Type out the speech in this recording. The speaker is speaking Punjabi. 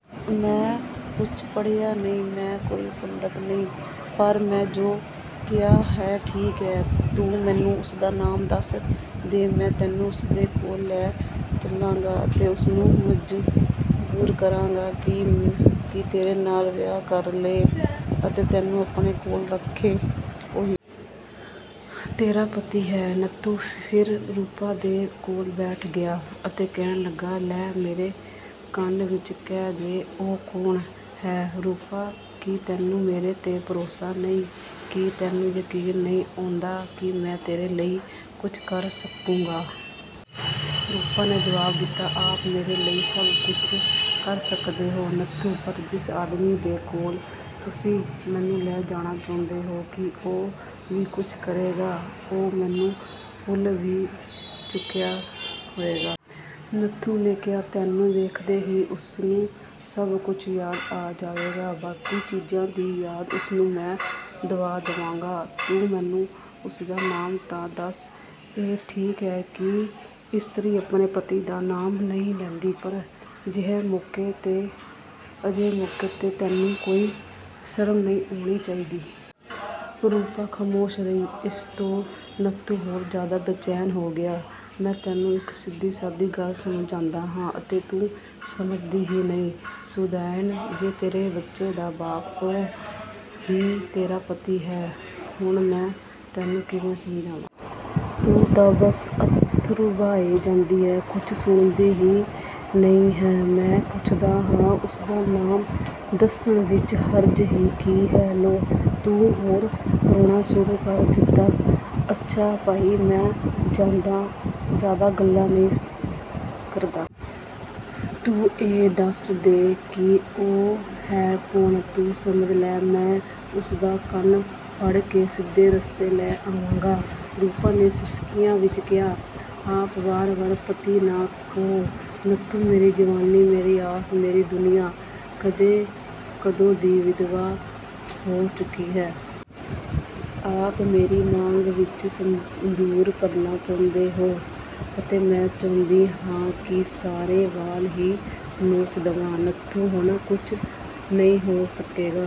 ਮੈਂ ਕੁੱਝ ਪੜ੍ਹਿਆ ਨਹੀਂ, ਮੈਂ ਕੋਈ ਪੰਡਤ ਨਹੀਂ, ਪਰ ਜੋ ਕੁੱਝ ਮੈਂ ਕਿਹਾ ਹੈ ਠੀਕ ਹੈ, ਤੂੰ ਮੈਨੂੰ ਉਸਦਾ ਨਾਮ ਦੱਸ ਦੇ। ਮੈਂ ਤੈਨੂੰ ਉਸਦੇ ਕੋਲ ਲੈ ਚਲਾਂਗਾ ਅਤੇ ਉਸਨੂੰ ਮਜਬੂਰ ਕਰਾਂਗਾ ਕਿ ਉਹ ਤੇਰੇ ਨਾਲ਼ ਵਿਆਹ ਕਰ ਲਵੇ ਅਤੇ ਤੈਨੂੰ ਆਪਣੇ ਕੋਲ ਰੱਖੇ। ਉਹੀ ਤੇਰਾ ਪਤੀ ਹੈ।" ਨੱਥੂ ਫਿਰ ਰੂਪਾ ਦੇ ਕੋਲ ਬੈਠ ਗਿਆ ਅਤੇ ਕਹਿਣ ਲੱਗਾ, "ਲੈ ਮੇਰੇ ਕੰਨ ਵਿੱਚ ਕਹਿ ਦੇ ਉਹ ਕੌਣ ਹੈ? ਰੂਪਾ ਕੀ ਤੈਨੂੰ ਮੇਰੇ 'ਤੇ ਭਰੋਸਾ ਨਹੀਂ, ਕੀ ਤੈਨੂੰ ਯਕੀਨ ਨਹੀਂ ਆਉਂਦਾ ਕਿ ਮੈਂ ਤੇਰੇ ਲਈ ਕੁੱਝ ਕਰ ਸਕੂੰਗਾ।" ਰੂਪਾ ਨੇ ਜਵਾਬ ਦਿੱਤਾ, "ਆਪ ਮੇਰੇ ਲਈ ਸਭ ਕੁੱਝ ਕਰ ਸਕਦੇ ਹੋ ਨੱਥੂ, ਪਰ ਜਿਸ ਆਦਮੀ ਦੇ ਕੋਲ ਤੁਸੀਂ ਮੈਨੂੰ ਲੈ ਜਾਣਾ ਚਾਹੁੰਦੇ ਹੋ, ਕੀ ਉਹ ਵੀ ਕੁੱਝ ਕਰੇਗਾ? ਉਹ ਮੈਨੂੰ ਭੁੱਲ ਵੀ ਚੁੱਕਿਆ ਹੋਵੇਗਾ।" ਨੱਥੂ ਨੇ ਕਿਹਾ, "ਤੈਨੂੰ ਵੇਖਦੇ ਹੀ ਉਸਨੂੰ ਸਭ ਕੁੱਝ ਯਾਦ ਆ ਜਾਵੇਗਾ। ਬਾਕੀ ਚੀਜ਼ਾਂ ਦੀ ਯਾਦ ਉਸਨੂੰ ਮੈਂ ਦਿਵਾ ਦੇਵਾਂਗਾ, ਤੂੰ ਮੈਨੂੰ ਉਸਦਾ ਨਾਮ ਤਾਂ ਦੱਸ। ਇਹ ਠੀਕ ਹੈ ਕਿ ਇਸਤਰੀ ਆਪਣੇ ਪਤੀ ਦਾ ਨਾਮ ਨਹੀਂ ਲੈਂਦੀ ਪਰ ਅਜਿਹੇ ਮੌਕੇ 'ਤੇ ਤੈਨੂੰ ਕੋਈ ਸ਼ਰਮ ਨਹੀਂ ਆਉਣੀ ਚਾਹੀਦੀ।" ਰੂਪਾ ਖ਼ਾਮੋਸ਼ ਰਹੀ, ਇਸ 'ਤੇ ਨੱਥੂ ਹੋਰ ਜ਼ਿਆਦਾ ਬੇਚੈਨ ਹੋ ਗਿਆ, "ਮੈਂ ਤੈਨੂੰ ਇੱਕ ਸਿੱਧੀ-ਸਾਦੀ ਗੱਲ ਸਮਝਾਂਦਾ ਹਾਂ ਅਤੇ ਤੂੰ ਸਮਝਦੀ ਹੀ ਨਹੀਂ, ਸ਼ੁਦਾਇਣ, ਜੋ ਤੇਰੇ ਬੱਚੇ ਦਾ ਬਾਪ ਹੈ ਉਹੀ ਤੇਰਾ ਪਤੀ ਹੈ, ਹੁਣ ਮੈਂ ਤੈਨੂੰ ਕਿਵੇਂ ਸਮਝਾਵਾਂ? ਤੂੰ ਤਾਂ ਬਸ ਅੱਥਰੂ ਬਹਾਏ ਜਾਂਦੀ ਹੈਂ, ਕੁੱਝ ਸੁਣਦੀ ਹੀ ਨਹੀਂ ਹੈਂ, ਮੈਂ ਪੁੱਛਦਾ ਹਾਂ, ਉਸਦਾ ਨਾਮ ਦੱਸਣ ਵਿੱਚ ਹਰਜ ਹੀ ਕੀ ਹੈ ਲਓ, ਤੂੰ ਹੋਰ ਰੋਣਾ ਸ਼ੁਰੂ ਕਰ ਦਿੱਤਾ। ਅੱਛਾ ਭਈ ਮੈਂ ਜ਼ਿਆਦਾ ਗੱਲਾਂ ਨਹੀਂ ਕਰਦਾ। ਤੂੰ ਇਹ ਦੱਸ ਦੇ ਕਿ ਉਹ ਹੈ ਕੌਣ ਤੂੰ ਸਮਝ ਲੈ। ਮੈਂ ਉਸਦਾ ਕੰਨ ਫੜ ਕੇ ਸਿੱਧੇ ਰਸਤੇ 'ਤੇ ਲੈ ਆਵਾਂਗਾ।" ਰੂਪਾ ਨੇ ਸਿਸਕੀਆਂ ਵਿੱਚ ਕਿਹਾ, "ਆਪ ਵਾਰ-ਵਾਰ ਪਤੀ ਨਾ ਕਹੋ ਨੱਥੂ, ਮੇਰੀ ਜਵਾਨੀ, ਮੇਰੀ ਆਸ, ਮੇਰੀ ਦੁਨੀਆ, ਕਦੇ ਦੀ ਵਿਧਵਾ ਹੋ ਚੁੱਕੀ ਹੈ। ਆਪ ਮੇਰੀ ਮਾਂਗ ਵਿੱਚ ਸੰਧੂਰ ਭਰਨਾ ਚਾਹੁੰਦੇ ਹੋ ਅਤੇ ਮੈਂ ਚਾਹੁੰਦੀ ਹਾਂ ਕਿ ਸਾਰੇ ਵਾਲ਼ ਹੀ ਨੋਚ ਦਵਾਂ ਨੱਥੂ ਹੁਣ ਕੁੱਝ ਨਹੀਂ ਹੋ ਸਕੇਗਾ।